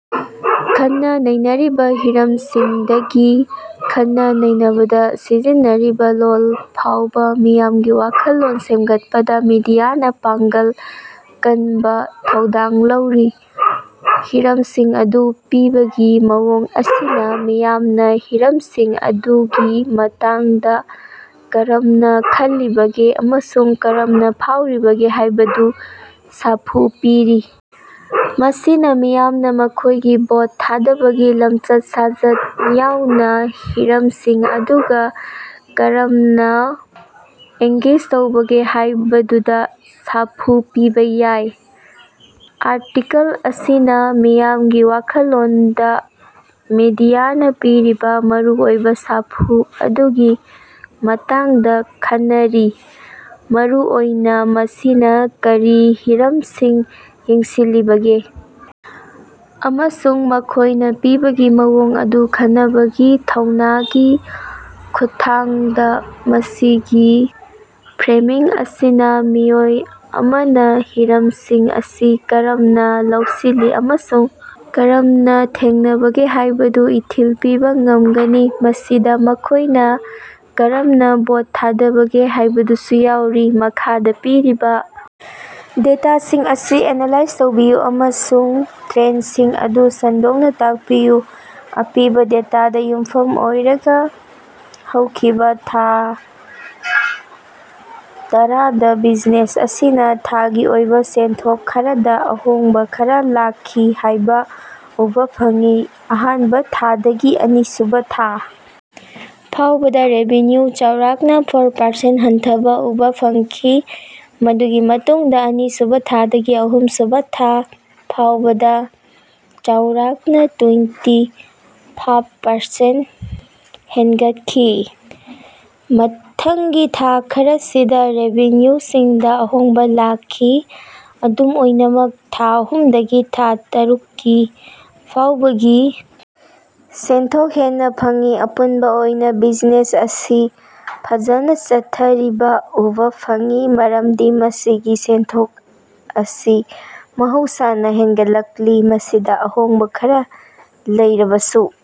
ꯈꯟꯅ ꯅꯩꯅꯔꯤꯕ ꯍꯤꯔꯝꯁꯤꯡꯗꯒꯤ ꯈꯟꯅ ꯅꯩꯅꯕꯗ ꯁꯤꯖꯤꯟꯅꯔꯤꯕ ꯂꯣꯜ ꯐꯥꯎꯕ ꯃꯤꯌꯥꯝꯒꯤ ꯋꯥꯈꯜꯂꯣꯟ ꯁꯦꯝꯒꯠꯄꯗ ꯃꯤꯗꯤꯌꯥꯅ ꯄꯥꯡꯒꯜ ꯀꯟꯕ ꯊꯧꯗꯥꯡ ꯂꯧꯔꯤ꯫ ꯍꯤꯔꯝꯁꯤꯡ ꯑꯗꯨ ꯄꯤꯕꯒꯤ ꯃꯑꯣꯡ ꯑꯁꯤꯅ ꯃꯤꯌꯥꯝꯅ ꯍꯤꯔꯝꯁꯤꯡ ꯑꯗꯨꯒꯤ ꯃꯇꯥꯡꯗ ꯀꯔꯝꯅ ꯈꯜꯂꯤꯕꯒꯦ ꯑꯃꯁꯨꯡ ꯀꯔꯝꯅ ꯐꯥꯎꯔꯤꯕꯒꯦ ꯍꯥꯏꯕꯗꯨ ꯁꯥꯐꯨ ꯄꯤꯔꯤ꯫ ꯃꯁꯤꯅ ꯃꯤꯌꯥꯝꯅ ꯃꯈꯣꯏꯒꯤ ꯚꯣꯠ ꯊꯥꯗꯕꯒꯤ ꯂꯝꯆꯠ ꯁꯥꯖꯠ ꯌꯥꯎꯅ ꯍꯤꯔꯝꯁꯤꯡ ꯑꯗꯨꯒ ꯀꯔꯝꯅ ꯑꯦꯡꯒꯦꯖ ꯇꯧꯕꯒꯦ ꯍꯥꯏꯕꯗꯨꯗ ꯁꯥꯐꯨ ꯄꯤꯕ ꯌꯥꯏ꯫ ꯑꯥꯔꯇꯤꯀꯜ ꯑꯁꯤꯅ ꯃꯤꯌꯥꯝꯒꯤ ꯋꯥꯈꯜꯂꯣꯟꯗ ꯃꯤꯗꯤꯌꯥꯅ ꯄꯤꯔꯤꯕ ꯃꯔꯨꯑꯣꯏꯕ ꯁꯥꯐꯨ ꯑꯗꯨꯒꯤ ꯃꯇꯥꯡꯗ ꯈꯟꯅꯔꯤ ꯃꯔꯨꯑꯣꯏꯅ ꯃꯁꯤꯅ ꯀꯔꯤ ꯍꯤꯔꯝꯁꯤꯡ ꯌꯦꯡꯁꯤꯜꯂꯤꯕꯒꯦ ꯑꯃꯁꯨꯡ ꯃꯈꯣꯏꯅ ꯄꯤꯕꯒꯤ ꯃꯑꯣꯡ ꯑꯗꯨ ꯈꯟꯅꯕꯒꯤ ꯊꯧꯅꯥꯒꯤ ꯈꯨꯠꯊꯥꯡꯗ꯫ ꯃꯁꯤꯒꯤ ꯐꯔꯦꯃꯤꯡ ꯑꯁꯤꯅ ꯃꯤꯑꯣꯏ ꯑꯃꯅ ꯍꯤꯔꯝꯁꯤꯡ ꯑꯁꯤ ꯀꯔꯝꯅ ꯂꯧꯁꯤꯜꯂꯤ ꯑꯃꯁꯨꯡ ꯀꯔꯝꯅ ꯊꯦꯡꯅꯕꯒꯦ ꯍꯥꯏꯕꯗꯨ ꯏꯊꯤꯜ ꯄꯤꯕ ꯉꯝꯒꯅꯤ ꯃꯁꯤꯗ ꯃꯈꯣꯏꯅ ꯀꯔꯝꯅ ꯚꯣꯠ ꯊꯥꯗꯕꯒꯦ ꯍꯥꯏꯕꯗꯨꯁꯨ ꯌꯥꯎꯔꯤ꯫ ꯃꯈꯥꯗ ꯄꯤꯔꯤꯕ ꯗꯦꯇꯥꯁꯤꯡ ꯑꯁꯤ ꯑꯦꯅꯥꯂꯥꯏꯖ ꯇꯧꯕꯤꯌꯨ ꯑꯃꯁꯨꯡ ꯇꯔꯦꯟꯁꯤꯡ ꯑꯗꯨ ꯁꯟꯗꯣꯛꯅ ꯇꯥꯛꯄꯤꯌꯨ꯫ ꯑꯄꯤꯕ ꯗꯦꯇꯥꯗ ꯌꯨꯝꯐꯝ ꯑꯣꯏꯔꯒ ꯍꯧꯈꯤꯕ ꯊꯥ ꯇꯔꯥ ꯗ ꯕꯤꯖꯤꯅꯦꯁ ꯑꯁꯤꯅ ꯊꯥꯒꯤ ꯑꯣꯏꯕ ꯁꯦꯟꯊꯣꯛ ꯈꯔꯗ ꯑꯍꯣꯡꯕ ꯈꯔ ꯂꯥꯛꯈꯤ ꯍꯥꯏꯕ ꯎꯕꯥ ꯐꯪꯏ꯫ ꯑꯍꯥꯟꯕ ꯊꯥꯗꯒꯤ ꯑꯅꯤꯁꯨꯕ ꯊꯥ ꯐꯥꯎꯕꯗ ꯔꯦꯚꯤꯟꯌꯨꯗ ꯆꯥꯎꯔꯥꯛꯅ ꯐꯣꯔ ꯄꯔꯁꯦꯟ ꯍꯟꯊꯕ ꯎꯕꯥ ꯐꯪꯈꯤ ꯃꯗꯨꯒꯤ ꯃꯇꯨꯡꯗ ꯑꯅꯤꯁꯨꯕ ꯊꯥꯗꯒꯤ ꯑꯍꯨꯝꯁꯨꯕ ꯊꯥ ꯐꯥꯎꯕꯗ ꯆꯥꯎꯔꯥꯛꯅ ꯇꯨꯏꯟꯇꯤ ꯐꯥꯞ ꯄꯔꯁꯦꯟ ꯍꯦꯟꯒꯠꯈꯤ꯫ ꯃꯊꯪꯒꯤ ꯊꯥ ꯈꯔꯁꯤꯗ ꯔꯦꯚꯤꯟꯌꯨꯁꯤꯡꯗ ꯑꯍꯣꯡꯕ ꯂꯥꯛꯈꯤ꯫ ꯑꯗꯨꯝ ꯑꯣꯏꯅꯃꯛ ꯊꯥ ꯑꯍꯨꯝꯗꯒꯤ ꯊꯥ ꯇꯔꯨꯛꯀꯤ ꯐꯥꯎꯕꯒꯤ ꯁꯦꯟꯊꯣꯛ ꯍꯦꯟꯅ ꯐꯪꯏ꯫ ꯑꯄꯨꯟꯕ ꯑꯣꯏꯅ ꯕꯤꯖꯤꯅꯦꯁ ꯑꯁꯤ ꯐꯖꯅ ꯆꯠꯊꯔꯤꯕ ꯎꯕꯥ ꯐꯪꯏ ꯃꯔꯝꯗꯤ ꯃꯁꯤꯒꯤ ꯁꯦꯟꯊꯣꯛ ꯑꯁꯤ ꯃꯍꯧꯁꯥꯅ ꯍꯦꯟꯒꯠꯂꯛꯂꯤ ꯃꯁꯤꯗ ꯑꯍꯣꯡꯕ ꯈꯔꯥ ꯂꯩꯔꯕꯁꯨ꯫